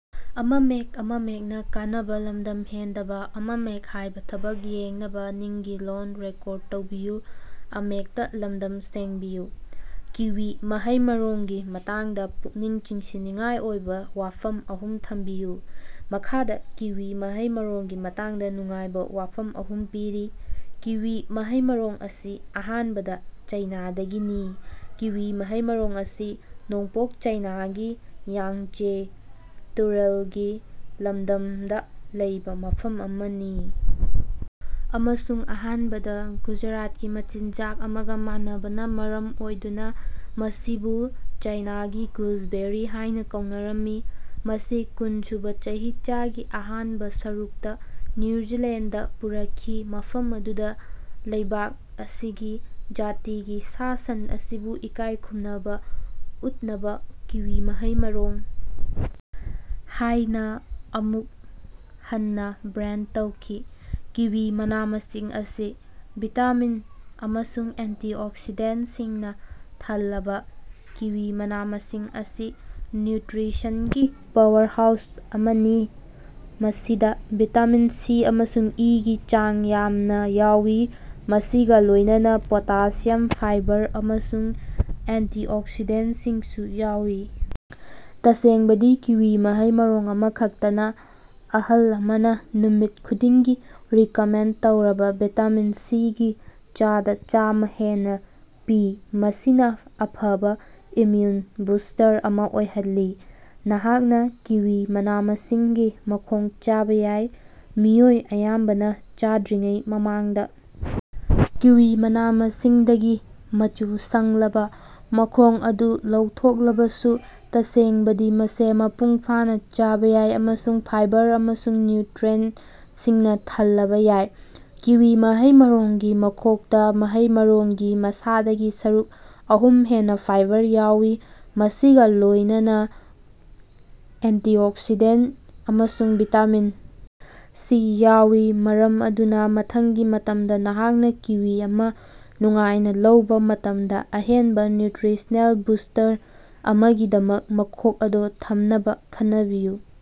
Kiwi ꯃꯍꯩ-ꯃꯔꯣꯡꯒꯤ ꯃꯇꯥꯡꯗ ꯄꯨꯛꯅꯤꯡ ꯆꯤꯡꯁꯤꯟꯅꯤꯡꯉꯥꯏ ꯑꯣꯏꯕꯥ ꯋꯥꯐꯝ ꯑꯍꯨꯝ ꯊꯤꯕꯤꯌꯨ꯫ ꯃꯈꯥꯗꯥ ꯀꯤꯋꯤ ꯃꯍꯩ-ꯃꯔꯣꯡꯒꯤ ꯃꯇꯥꯡꯗꯥ ꯅꯨꯡꯉꯥꯏꯕꯥ ꯋꯥꯐꯝ ꯑꯍꯨꯝ ꯄꯤꯔꯤ: ꯀꯤꯋꯤ ꯃꯍꯩ-ꯃꯔꯣꯡ ꯑꯁꯤ ꯑꯍꯥꯟꯕꯗ ꯆꯥꯏꯅꯥꯗꯒꯤꯅꯤ: ꯀꯤꯋꯤ ꯃꯍꯩ-ꯃꯔꯣꯡ ꯑꯁꯤ ꯅꯣꯡꯄꯣꯛ ꯆꯥꯏꯅꯥꯒꯤ ꯌꯥꯡꯆꯦ ꯇꯨꯔꯦꯜꯒꯤ ꯂꯝꯗꯝꯗ ꯂꯩꯕꯥ ꯃꯐꯝ ꯑꯃꯅꯤ ꯑꯃꯁꯨꯡ ꯑꯍꯥꯟꯕꯗ ꯒꯨꯖꯔꯥꯇꯀꯤ ꯃꯆꯤꯟꯖꯥꯛ ꯑꯃꯒ ꯃꯥꯟꯅꯕꯅ ꯃꯔꯝ ꯑꯣꯏꯗꯨꯅ ꯃꯁꯤꯕꯨ "ꯆꯥꯏꯅꯥꯒꯤ ꯒꯨꯖꯕꯦꯔꯤ" ꯍꯥꯢꯅ ꯀꯧꯅꯔꯝꯃꯤ꯫ ꯃꯁꯤ ꯀꯨꯟꯁꯨꯕ ꯆꯍꯤꯆꯥꯒꯤ ꯑꯍꯥꯟꯕ ꯁꯔꯨꯛꯇ ꯅ꯭ꯌꯨ ꯖꯤꯂꯦꯟꯗꯗꯥ ꯄꯨꯔꯛꯈꯤ ꯃꯐꯝ ꯑꯗꯨꯗ ꯂꯩꯕꯥꯛ ꯑꯁꯤꯒꯤ ꯖꯥꯇꯤꯒꯤ ꯁꯥ-ꯁꯟ ꯑꯁꯤꯕꯨ ꯏꯀꯥꯢ ꯈꯨꯝꯅꯕ ꯎꯠꯅꯕ ꯀꯤꯋꯤ ꯃꯍꯩ-ꯃꯔꯣꯡ ꯍꯥꯢꯅ ꯑꯃꯨꯛ ꯍꯟꯅꯥ ꯕ꯭ꯔꯦꯟꯗ ꯇꯧꯈꯤ꯫ ꯀꯤꯋꯤ ꯃꯅꯥ-ꯃꯁꯤꯡ ꯑꯁꯤ ꯚꯤꯇꯥꯃꯤꯟ ꯑꯃꯁꯨꯡ ꯑꯦꯟꯇꯤꯑꯣꯛꯁꯤꯗꯦꯟꯇꯁꯤꯡꯅ ꯊꯜꯂꯕꯥ: ꯀꯤꯋꯤ ꯃꯅꯥ-ꯃꯁꯤꯡ ꯑꯁꯤ ꯅ꯭ꯌꯨꯇ꯭ꯔꯤꯁꯟꯒꯤ ꯄꯥꯋꯔꯍꯥꯎꯁ ꯑꯃꯅꯤ ꯃꯁꯤꯗ ꯚꯤꯇꯥꯃꯤꯟ ꯁꯤ ꯑꯃꯁꯨꯡ ꯏꯒꯤ ꯆꯥꯡ ꯌꯥꯝꯅꯥ ꯌꯥꯎꯏ ꯃꯁꯤꯒꯥ ꯂꯣꯢꯅꯅꯥ ꯄꯣꯇꯥꯁꯤꯌꯝ, ꯐꯥꯏꯕꯔ ꯑꯃꯁꯨꯡ ꯑꯦꯟꯇꯤꯑꯣꯛꯁꯤꯗꯦꯟꯇꯁꯤꯡꯁꯨ ꯌꯥꯎꯏ꯫ ꯇꯁꯦꯡꯕꯗꯤ ꯀꯤꯋꯤ ꯃꯍꯩ ꯃꯔꯣꯡ ꯑꯃꯈꯛꯇꯅ ꯑꯍꯜ ꯑꯃꯅ ꯅꯨꯃꯤꯠ ꯈꯨꯗꯤꯡꯒꯤ ꯔꯤꯀꯃꯦꯟꯗ ꯇꯧꯔꯕ ꯚꯤꯇꯥꯃꯤꯟ ꯁꯤꯒꯤ ꯆꯥꯗꯥ ꯆꯥꯝꯃ ꯍꯦꯟꯅ ꯄꯤ ꯃꯁꯤꯅ ꯑꯐꯕꯥ ꯏꯝꯃꯌꯨꯟ ꯕꯨꯁ꯭ꯇꯔ ꯑꯃ ꯑꯣꯏꯍꯜꯂꯤ꯫ ꯅꯍꯥꯛꯅ ꯀꯤꯋꯤ ꯃꯅꯥ-ꯃꯁꯤꯡꯒꯤ ꯃꯈꯣꯡ ꯆꯥꯕꯥ ꯌꯥꯏ: ꯃꯤꯑꯣꯏ ꯑꯌꯥꯝꯕꯅ ꯆꯥꯗ꯭ꯔꯤꯉꯩ ꯃꯃꯥꯡꯗ ꯀꯤꯋꯤ ꯃꯅꯥ-ꯃꯁꯤꯡꯗꯒꯤ ꯃꯆꯨ ꯁꯪꯂꯕ ꯃꯈꯣꯡ ꯑꯗꯨ ꯂꯧꯊꯣꯛꯂꯕꯁꯨ ꯇꯁꯦꯡꯕꯗꯤ ꯃꯁꯤ ꯃꯄꯨꯡꯐꯥꯅ ꯆꯥꯕꯥ ꯌꯥꯏ ꯑꯃꯁꯨꯡ ꯐꯤꯕꯔ ꯑꯃꯁꯨꯡ ꯅ꯭ꯌꯨꯇ꯭ꯔꯤꯑꯦꯟꯇꯁꯤꯡꯅ ꯊꯜꯂꯕ ꯌꯥꯏ꯫ ꯀꯤꯋꯤ ꯃꯍꯩ-ꯃꯔꯣꯡꯒꯤ ꯃꯈꯣꯛꯇ ꯃꯍꯩ-ꯃꯔꯣꯡꯒꯤ ꯃꯁꯥꯗꯒꯤ ꯁꯔꯨꯛ ꯑꯍꯨꯝ ꯍꯦꯟꯅꯥ ꯐꯥꯏꯕꯔ ꯌꯥꯎꯏ ꯃꯁꯤꯒꯥ ꯂꯣꯢꯅꯅꯥ ꯑꯦꯟꯇꯤꯑꯣꯛꯁꯤꯗꯦꯟꯇ ꯑꯃꯁꯨꯡ ꯚꯤꯇꯥꯃꯤꯟ ꯁꯤ ꯌꯥꯎꯏ ꯃꯔꯝ ꯑꯗꯨꯅ ꯃꯊꯪꯒꯤ ꯃꯇꯝꯗ ꯅꯍꯥꯛꯅ ꯀꯤꯋꯤ ꯑꯃ ꯅꯨꯡꯉꯥꯏꯅꯥ ꯂꯧꯕꯥ ꯃꯇꯝꯗ ꯑꯍꯦꯟꯕ ꯅ꯭ꯌꯨꯇ꯭ꯔꯤꯁꯅꯦꯜ ꯕꯨꯁ꯭ꯇꯔ ꯑꯃꯒꯤꯗꯃꯛ ꯃꯈꯣꯛ ꯑꯗꯨ ꯊꯝꯅꯕꯥ ꯈꯟꯅꯕꯤꯌꯨ꯫